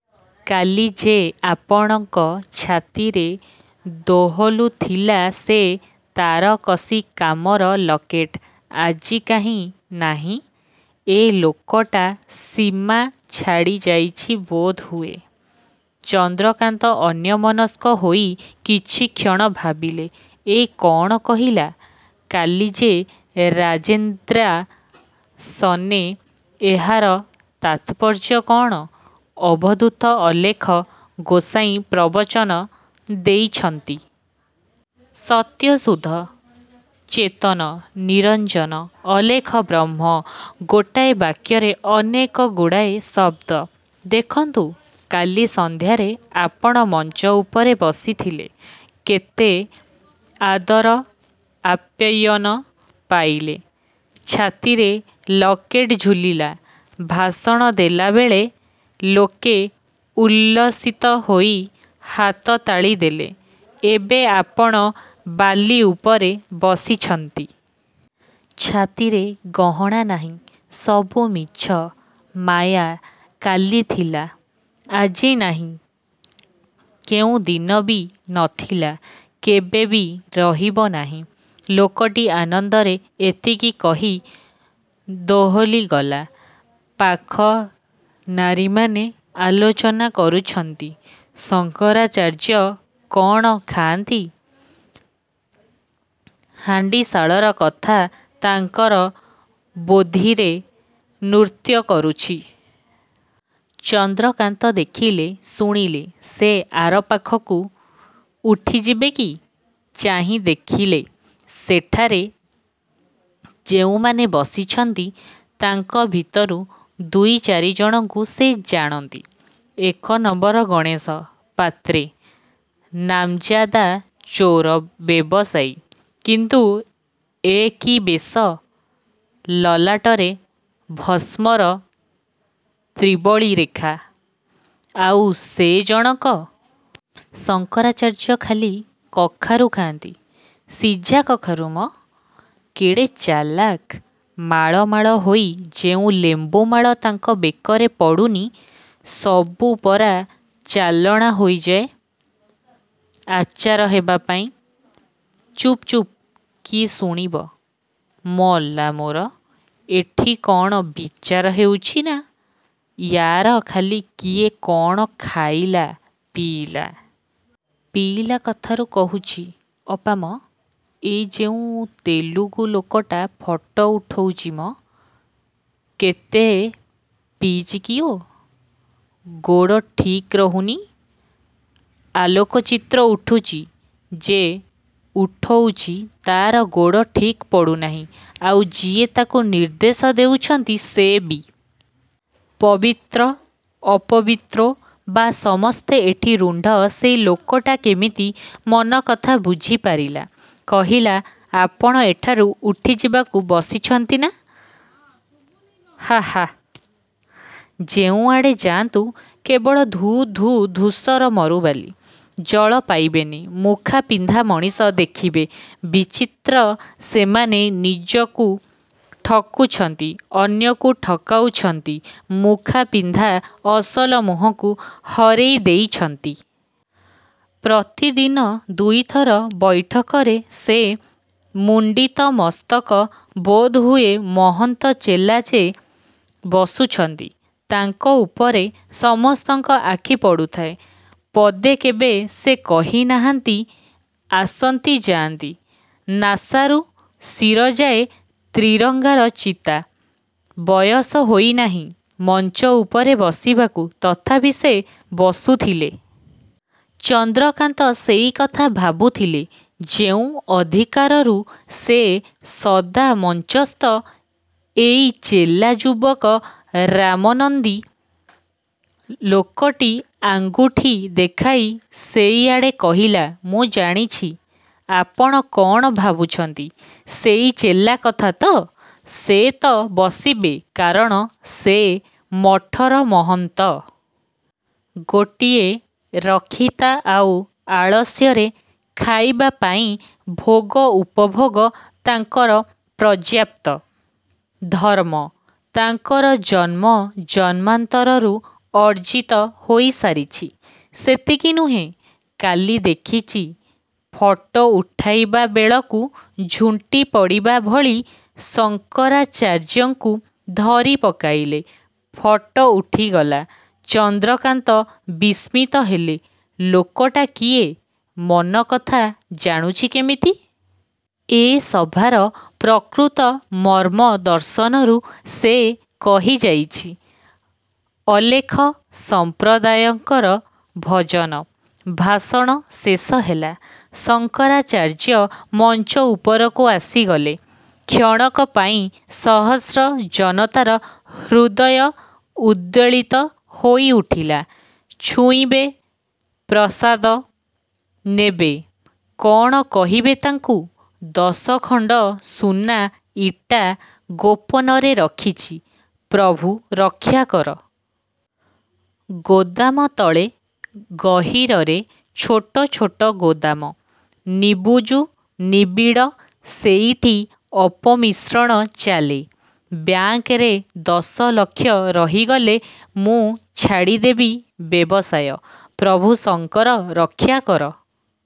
କାଲି ଯେ ଆପଣଙ୍କ ଛାତିରେ ଦୋହଲୁଥିଲା, ସେ ତାରକସି କାମର ଲକେଟ୍; ଆଜି କାହିଁ ନାହିଁ? " ଏ ଲୋକଟା ସୀମା ଛାଡ଼ିଯାଇଛି ବୋଧହୁଏ। ଚନ୍ଦ୍ରକାନ୍ତ ଅନ୍ୟମନସ୍କ ହୋଇ କିଛିକ୍ଷଣ ଭାବିଲେ। ଏ କଅଣ କହିଲା-କାଲି ଯେ ରାଜେନ୍ଦ୍ରାସନେ ଏହାର ତାତ୍ପର୍ଯ୍ୟ କଅଣ? ଅବଧୂତ ଅଲେଖ ଗୋସାଇଁ ପ୍ରବଚନ ଦେଇଛନ୍ତି ସତ୍ୟ ଶୁଦ୍ଧ ଚେତନ ନିରଞ୍ଜନ ଅଲେଖ ବ୍ରହ୍ମ। ଗୋଟାଏ ବାକ୍ୟର ଅନେକଗୁଡ଼ାଏ ଶବ୍ଦ। "-ଦେଖନ୍ତୁ, କାଲି ସନ୍ଧ୍ୟାରେ ଆପଣ ମଞ୍ଚ ଉପରେ ବସିଥିଲେ, କେତେ ଆଦର ଆପ୍ୟାୟନ ପାଇଲେ, ଛାତିରେ ଲକେଟ୍ ଝୁଲିଲା। ଭାଷଣ ଦେଲାବେଳେ ଲୋକେ ଉଲ୍ଲସିତ ହୋଇ ହାତତାଳି ଦେଲେ, ଏବେ ଆପଣ ବାଲି ଉପରେ ବସିଛନ୍ତି। ଛାତିରେ ଗହଣା ନାହିଁ। ସବୁ ମିଛ, ମାୟା; କାଲି ଥିଲା, ଆଜି ନାହିଁ; କେଉଁ ଦିନ ବି ନଥିଲା, କେବେ ବି ରହିବନାହିଁ। " ଲୋକଟି ଆନନ୍ଦରେ ଏତିକି କହି ଦୋହଲିଗଲା। ପାଖ ନାରୀମାନେ ଆଲୋଚନା କରୁଛନ୍ତି ଶଙ୍କରାଚାର୍ଯ୍ୟ କଅଣ ଖାଆନ୍ତି? ହାଣ୍ଡିଶାଳର କଥା ତାଙ୍କର ବୋଧିରେ ନୃତ୍ୟକରୁଛି। ଚନ୍ଦ୍ରକାନ୍ତ ଦେଖିଲେ ଶୁଣିଲେ-ସେ ଆରପାଖକୁ ଉଠିଯିବେ କି? ଚାହିଁ ଦେଖିଲେ, ସେଠାରେ ଯେଉଁମାନେ ବସିଛନ୍ତି, ତାଙ୍କ ଭିତରୁ ଦୁଇ ଚାରିଜଣଙ୍କୁ ସେ ଜାଣନ୍ତି ଏକ ନମ୍ୱର ଗଣେଶ ପାତ୍ରେ, ନାମଯାଦା ଚୋରା ବ୍ୟବସାୟୀ; କିନ୍ତୁ ଏ କି ବେଶ? ଲଲାଟରେ ଭସ୍ମର ତ୍ରିବଳୀ ରେଖା ଆଉ ସେ ଜଣକ "ଶଙ୍କରାଚାର୍ଯ୍ୟ ଖାଲି କଖାରୁ ଖାଆନ୍ତି। ସିଝା କଖାରୁ ମ? କେଡ଼େ ଚାଲାକ୍, ମାଳ ମାଳ ହୋଇ ଯେଉଁ ଲେମ୍ବୁମାଳ ତାଙ୍କ ବେକରେ ପଡ଼ୁନି, ସବୁ ପରା ଚାଲାଣ ହୋଇଯାଏ ଆଚାର ହେବାପାଇଁ। " "ଚୁପ୍ଚୁପ୍, କିଏ ଶୁଣିବ। " "ମଲା ମୋର, ଏଠି କଅଣ ବିଚାର ହେଉଛି ନା, ୟାର ଖାଲି କିଏ କଅଣ ଖାଇଲା, ପିଇଲା। " "ପିଇଲା କଥାରୁ କହୁଛି, ଅପା ମ, ଏ ଯେଉଁ ତେଲୁଗୁଲୋକଟା ଫଟ ଉଠଉଛି ମ, କେତେ ପିଇଚି କିଓ? ଗୋଡ଼ ଠିକ୍ ରହୁନି " ଆଲୋକଚିତ୍ର ଉଠୁଛି। ଯେ ଉଠୋଉଛି ତାର ଗୋଡ଼ ଠିକ୍ ପଡ଼ୁନାହିଁ। ଆଉ ଯିଏ ତାକୁ ନିର୍ଦ୍ଦେଶ ଦେଉଛନ୍ତି, ସେ ବି ପବିତ୍ର ଅପବିତ୍ରୋ ବା ସମସ୍ତେ ଏଠି ରୁଣ୍ଡ ସେ ଲୋକଟା କିମିତି ମନକଥା ବୁଝିପାରିଲା, କହିଲା-ଆପଣ ଏଠାରୁ ଉଠିଯିବାକୁ ବସିଛନ୍ତି ନା? ହାଃ ହାଃ ଯେଉଁଆଡ଼େ ଯାଆନ୍ତୁ, କେବଳ ଧୂ ଧୂ ଧୂସର ମରୁବାଲି, ଜଳ ପାଇବେନି-। ମୁଖାପିନ୍ଧା ମଣିଷ ଦେଖିବେ, ବିଚିତ୍ର ସେମାନେ, ନିଜକୁ ଠକୁଛନ୍ତି, ଅନ୍ୟକୁ ଠକାଉଛନ୍ତି, ମୁଖା ପିନ୍ଧା ଅସଲ ମୁହଁକୁ ହରେଇଦେଇଛନ୍ତି। ପ୍ରତିଦିନ ଦୁଇଥର ବୈଠକରେ ସେ ମୁଣ୍ଡିତମସ୍ତକ ବୋଧହୁଏ ମହନ୍ତ ଚେଲା ଯେ ବସୁଛନ୍ତି, ତାଙ୍କ ଉପରେ ସମସ୍ତଙ୍କ ଆଖି ପଡ଼ୁଥାଏ। ପଦେ କେବେ ସେ କହିନାହାନ୍ତି, ଆସନ୍ତି, ଯାଆନ୍ତି। ନାସାରୁ ଶିରଯାଏ ତ୍ରିରଙ୍ଗାର ଚିତା। ବୟସ ହୋଇନାହିଁ ମଞ୍ଚ ଉପରେ ବସିବାକୁ। ତଥାପି ସେ ବସୁଥିଲେ। ଚନ୍ଦ୍ରକାନ୍ତ ସେଇକଥା ଭାବୁଥିଲେ। ଯେଉଁ ଅଧିକାରରୁ ସେ ସଦା ମଞ୍ଚସ୍ଥ, ଏଇ ଚେଲା ଯୁବକ ରାମାନନ୍ଦୀ। ଲୋକଟି ଆଙ୍ଗୁଠି ଦେଖାଇ ସେଇ ଆଡ଼େ କହିଲା-ମୁଁ ଜାଣିଛି, ଆପଣ କଅଣ ଭାବୁଛନ୍ତି ସେଇ ଚେଲା କଥା ତ? ସେ ତ ବସିବେ; କାରଣ ସେ ମଠର ମହନ୍ତ ଗୋଟିଏ ରକ୍ଷିତା ଆଉ ଆଳସ୍ୟରେ ଖାଇବା ପାଇଁ ଭୋଗ ଉପଭୋଗ ତାଙ୍କର ପର୍ଯ୍ୟାପ୍ତ ଧର୍ମ ତାଙ୍କର ଜନ୍ମ-ଜନ୍ମାନ୍ତରରୁ ଅର୍ଜିତ ହୋଇସାରିଛି। ସେତିକି ନୁହେଁ, କାଲି ଦେଖିଛି ଫଟ ଉଠିବାବେଳକୁ ଝୁଣ୍ଟିପଡ଼ିବା ଭଳି ଶଙ୍କରାଚାର୍ଯ୍ୟଙ୍କୁ ଧରିପକାଇଲେ ଫଟ ଉଠିଗଲା। ଚନ୍ଦ୍ରକାନ୍ତ ବିସ୍ମିତ ହେଲେ ଲୋକଟା କିଏ? ମନକଥା ଜାଣୁଛି କେମିତି? ଏ ସଭାର ପ୍ରକୃତ ମର୍ମ ଦର୍ଶନରୁ, ସେ କହିଯାଇଛି। ଅଲେଖ ସଂପ୍ରଦାୟଙ୍କର ଭଜନ ଭାଷଣ ଶେଷହେଲା। ଶଙ୍କରାଚାର୍ଯ୍ୟ ମଞ୍ଚ ଉପରକୁ ଆସିଗଲେ। କ୍ଷଣକ ପାଇଁ ସହସ୍ର ଜନତାର ହୃଦୟ ଉଦ୍ବେଳିତ ହୋଇଉଠିଲା। ଛୁଇଁବେ, ପ୍ରସାଦ ନେବେ, କଅଣ କହିବେ ତାଙ୍କୁ। -ଦଶଖଣ୍ଡ ସୁନା ଇଟା ଗୋପନରେ ରଖିଛି, ପ୍ରଭୁ ରକ୍ଷାକର! -ଗୋଦାମ ତଳେ, ଗହୀରରେ ଛୋଟ ଛୋଟ ଗୋଦାମ, ନିବୁଜ, ନିବିଡ଼ ସେଇଠି ଅପମିଶ୍ରଣ ଚାଲେ। ବ୍ୟାଙ୍କରେ ଦଶଲକ୍ଷ ରହିଗଲେ, ମୁଁ ଛାଡ଼ିଦେବି ବ୍ୟବସାୟ, ପ୍ରଭୁ ଶଙ୍କର ରକ୍ଷାକର!